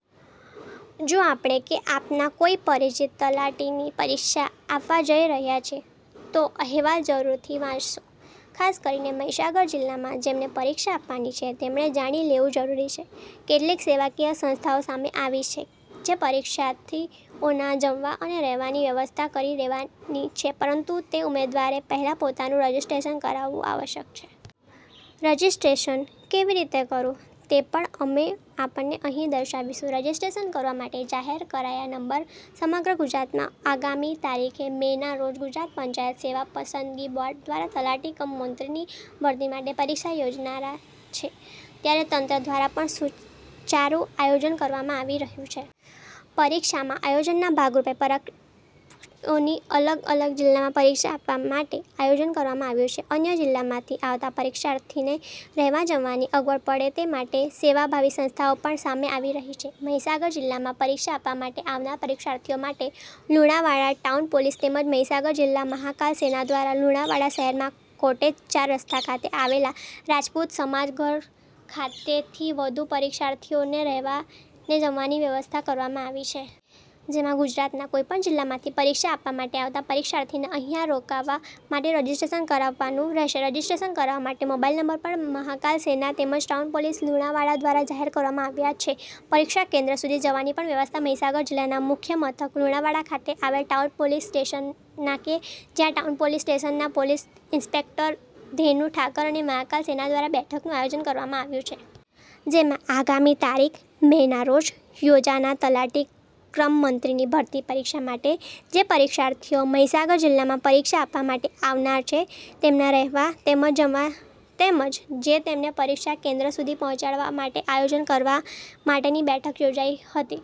જો આપ કે આપના કોઈ પરિચિત તલાટીની પરીક્ષા આપવા જઈ રહ્યા છે તોઅહેવાલ જરૂરથી વાંચશો. ખાસ કરીને મહીસાગર જિલ્લામાં જેમને પરીક્ષા આપવાની છે તેમને જાણી લેવું જરૂરી છે. કેટલીક સેવાકીય સંસ્થાઓ સામે આવી છે જે પરીક્ષાર્થીઓના જમવા અને રહેવાની વ્યવસ્થા કરી દેવાની છે પરંતુ તે ઉમેદવારે પહેલા પોતાનું રજીસ્ટ્રેશન કરાવવું આવશ્યક છે. રજીસ્ટ્રેશન કેવી રીતે કરવું તે પણ અમે આપને અહીં દર્શાવીશું. રજીસ્ટ્રેશન કરવા માટે જાહેર કરાયા નંબર સમગ્ર ગુજરાતમાં આગામી તારીખ મે ના રોજ ગુજરાત પંચાયત સેવા પસંદગી બોર્ડ દ્વારા તલાટી કમ મંત્રીની ભરતી માટે પરીક્ષા યોજાનાર છે, ત્યારે તંત્ર દ્વારા પણ સુચારું આયોજન કરવામાં આવી રહ્યું છે. પરીક્ષામાં આયોજનના ભાગરૂપે પરીક્ષાર્થીઓની અલગ અલગ જિલ્લામાં પરીક્ષા આપવા માટે આયોજન કરવામાં આવ્યું છે. અન્ય જિલ્લામાંથી આવતા પરીક્ષાર્થીને રહેવા જમવાની અગવડપડે તે માટે સેવાભાવિ સંસ્થાઓ પણ સામે આવી રહી છે. મહીસાગર જિલ્લામાં પરીક્ષા આપવા માટે આવનાર પરીક્ષાર્થીઓ માટે લુણાવાડા ટાઉન પોલીસ તેમજ મહીસાગર જિલ્લા મહાકાલ સેના દ્વારા લુણાવાડા શહેરમાં કોટેજ ચાર રસ્તા ખાતે આવેલા રાજપૂત સમાજ ઘર ખાતે થી વધુ પરીક્ષાર્થીઓને રહેવાને જમવાની વ્યવસ્થા કરવામાં આવી છે. જેમાં ગુજરાતના કોઈપણ જિલ્લામાંથી પરીક્ષા આપવા માટે આવતા પરીક્ષાર્થીને અહીંયા રોકાવા માટે રજીસ્ટ્રેશન કરાવવાનું રહેશે રજીસ્ટ્રેશન કરાવવા માટે મોબાઈલ નંબર પણ મહાકાલ સેના તેમજ ટાઉન પોલીસ લુણાવાડા દ્વારા જાહેર કરવામાં આવ્યા છે. પરીક્ષા કેન્દ્ર સુધી જવાની પણ વ્યવસ્થા મહીસાગર જિલ્લાના મુખ્ય મથક લુણાવાડા ખાતે આવેલ ટાઉન પોલીસ સ્ટેશનના કે જ્યાં ટાઉન પોલીસ સ્ટેશનના પોલીસ ઇન્સ્પેક્ટર ધેનુ ઠાકર અને મહાકાલ સેના દ્વારા બેઠકનું આયોજન કરવામાં આવ્યું છે. જેમાં આગામી તારીખ મે ના રોજ યોજાના તલાટી ક્રમમંત્રીની ભરતી પરીક્ષા માટે જે પરીક્ષાર્થીઓ મહીસાગર જિલ્લામાં પરીક્ષા આપવા માટે આવનાર છે. તેમના રહેવા તેમજ જમવા તેમજ જે તેમને પરીક્ષા કેન્દ્ર સુધી પહોંચાડવા માટે આયોજન કરવા માટેની બેઠક યોજાઇ હતી.